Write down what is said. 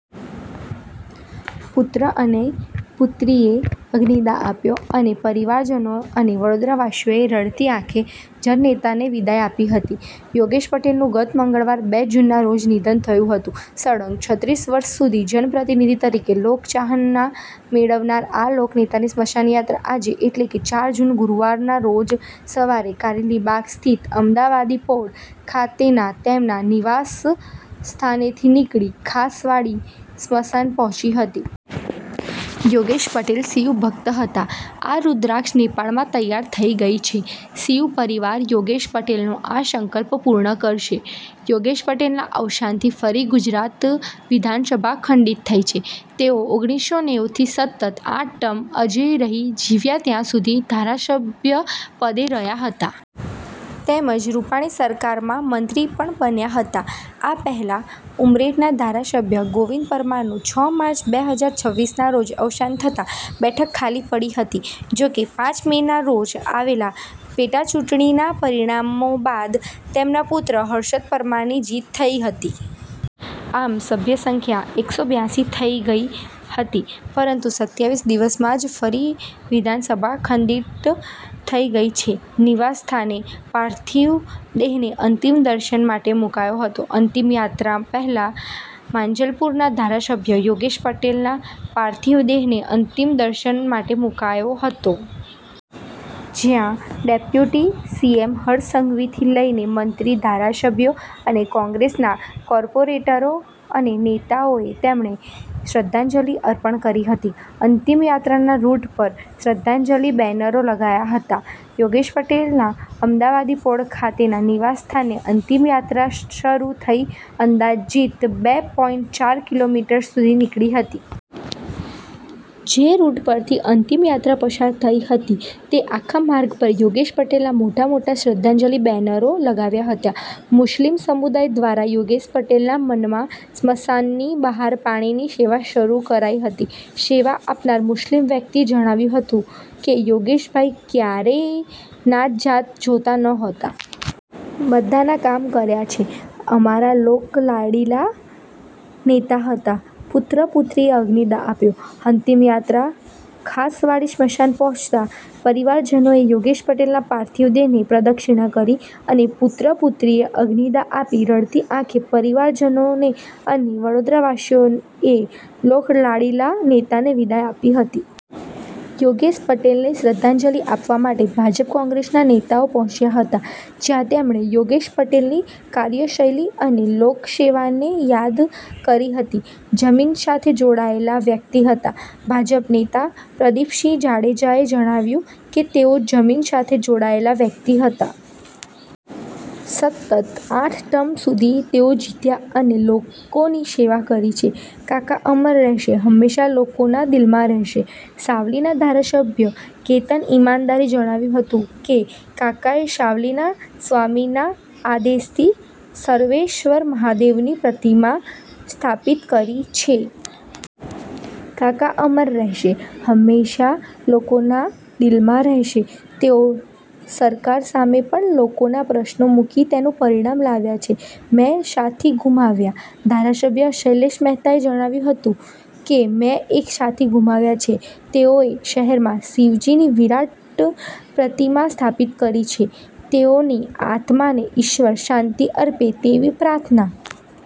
પુત્ર અને પુત્રીએ અગ્નિદાહ આપ્યો, અને પરિવારજનો અને વડોદરાવાસીઓએ રડતી આંખે જન નેતાને વિદાય આપી હતી. યોગેશ પટેલનું ગત મંગળવાર, બે જૂનના રોજ નિધન થયું હતું. સળંગ છત્રીસ વર્ષ સુધી જનપ્રતિનિધિ તરીકે લોકચાહના મેળવનારા આ લોકનેતાની સ્મશાનયાત્રા આજે એટલે કે ચાર જૂન, ગુરૂવારના રોજ સવારે કારેલીબાગ સ્થિત 'અમદાવાદી પોળ' ખાતેના તેમના નિવાસસ્થાનેથી નીકળી, ખાસવાડી સ્મશાન પહોંચી હતી. યોગેશ પટેલ શિવ ભક્ત હતા. આ રુદ્રાક્ષ નેપાળમાં તૈયાર થઈ ગઈ છે. શિવ પરિવાર યોગેશ પટેલનો આ સંકલ્પ પૂર્ણ કરશે. યોગેશ પટેલના અવસાનથી ફરી ગુજરાત વિધાનસભા ખંડિત થઈ છે. તેઓ ઓગરીસો નેવું થી સતત આઠ ટર્મ અજેય રહીને જીવ્યા ત્યાં સુધી ધારાસભ્ય પદે રહ્યા હતા. તેમજ રૂપાણી સરકારમાં મંત્રી પણ બન્યા હતા. આ પહેલાં ઉમરેઠના ધારાસભ્ય ગોવિંદ પરમારનું છ માર્ચ, બે હજાર છવીસના રોજ અવસાન થતાં બેઠક ખાલી પડી હતી. જોકે પાંચ મેના રોજ આવેલા પેટાચૂંટણીના પરિણામો બાદ તેમના પુત્ર હર્ષદ પરમારની જીત થઈ હતી. આમ સભ્ય સંખ્યા એકસો બિયાસી થઈ ગઈ હતી, પરંતુ સત્યાવીસ દિવસમાં જ ફરી વિધાનસભા ખંડિત થઈ ગઈ છે. નિવાસ સ્થાને પાર્થિવ દેહને અંતિમ દર્શન માટે મુકાયો હતો. અંતિમયાત્રા પહેલાં માંજલપુરના ધારાસભ્ય યોગેશ પટેલના પાર્થિવ દેહને અંતિમ દર્શન માટે મુકાયો હતો. જ્યાં ડેપ્યુટી સીએમ હર્ષ સંઘવીથી લઇને મંત્રી, ધારાસભ્યો અને કોંગ્રેસના કોર્પોરેટરો અને નેતાઓએ તેમણે શ્રદ્ધાંજલિ અપર્ણ કરી હતી. અંતિમયાત્રાના રૂટ પર શ્રદ્ધાંજલિ બેનરો લાગ્યા હતા. યોગેશ પટેલના 'અમદાવાદીપોળ' ખાતેના નિવાસ સ્થાનેથી અંતિમ યાત્રા શરૂ થઈ અંદાજિત બે પોઈન્ટ ચાર કિમી સુધી નીકળી હતી. જે રૂટ પરથી અંતિમયાત્રા પસાર થઈ હતી તે આખા માર્ગ પર યોગેશ પટેલના મોટા-મોટા શ્રદ્ધાંજલિ બેનરો લગાવાયા હતા. મુસ્લિમ સમુદાય દ્વારા યોગેશ પટેલના માનમાં સ્મશાનની બહાર પાણીની સેવા શરૂ કરાઈ હતી. સેવા આપનાર મુસ્લિમ વ્યક્તિએ જણાવ્યું હતું કે, "યોગેશભાઈ ક્યારેય નાત જાત જોતા ન હતા. બધાના કામ કર્યા છે. અમારા લોક લાડીલા નેતા હતા." પુત્ર-પુત્રીએ અગ્નિદાહ આપ્યો. અંતિમયાત્રા ખાસવાડી સ્મશાન પહોંચતા પરિવારજનોએ યોગેશ પટેલના પાર્થિવ દેહની પ્રદક્ષિણા કરી, અને પુત્ર-પુત્રીએ અગ્નિદાહ આપી રડતી આંખે પરિવારજનો અને વડોદરાવાસીઓએ લોકલાડીલા નેતાને વિદાય આપી હતી. યોગેશ પટેલને શ્રદ્ધાંજલિ આપવા માટે ભાજપ-કોંગ્રેસના નેતાઓ પહોંચ્યા હતા. જ્યાં તેમણે યોગેશ પટેલની કાર્યશૈલી અને લોકસેવાને યાદ કરી હતી. જમીન સાથે જોડાયેલા વ્યક્તિ હતા. ભાજપ નેતા પ્રદિપસિંહ જાડેજાએ જણાવ્યું કે "તેઓ જમીન સાથે જોડાયેલા વ્યક્તિ હતા. સતત આઠ ટર્મ સુધી તેઓ જીત્યા અને લોકોની સેવા કરી છે. કાકા અમર રહેશે, હંમેશા લોકોના દિલમાં રહેશે." સાવલીના ધારાસભ્ય કેતન ઈનામદારે જણાવ્યું હતું કે, "કાકાએ સાવલીના સ્વામીના આદેશથી સર્વેશ્વર મહાદેવની પ્રતિમા સ્થાપિત કરી છે. કાકા અમર રહેશે, હંમેશા લોકોના દિલમાં રહેશે. તેઓ સરકાર સામે પણ લોકોના પ્રશ્નો મૂકી તેનું પરિણામ લાવ્યા છે. મેં સાથી ગુમાવ્યા." ધારાસભ્ય શૈલેષ મહેતાએ જણાવ્યું હતું કે, "મેં એક સાથી ગુમાવ્યા છે. તેઓએ શહેરમાં શિવજીની વિરાટ પ્રતિમા સ્થાપિત કરી છે. તેઓની આત્માને ઈશ્વર શાંતિ અર્પે તેવી પ્રાર્થના."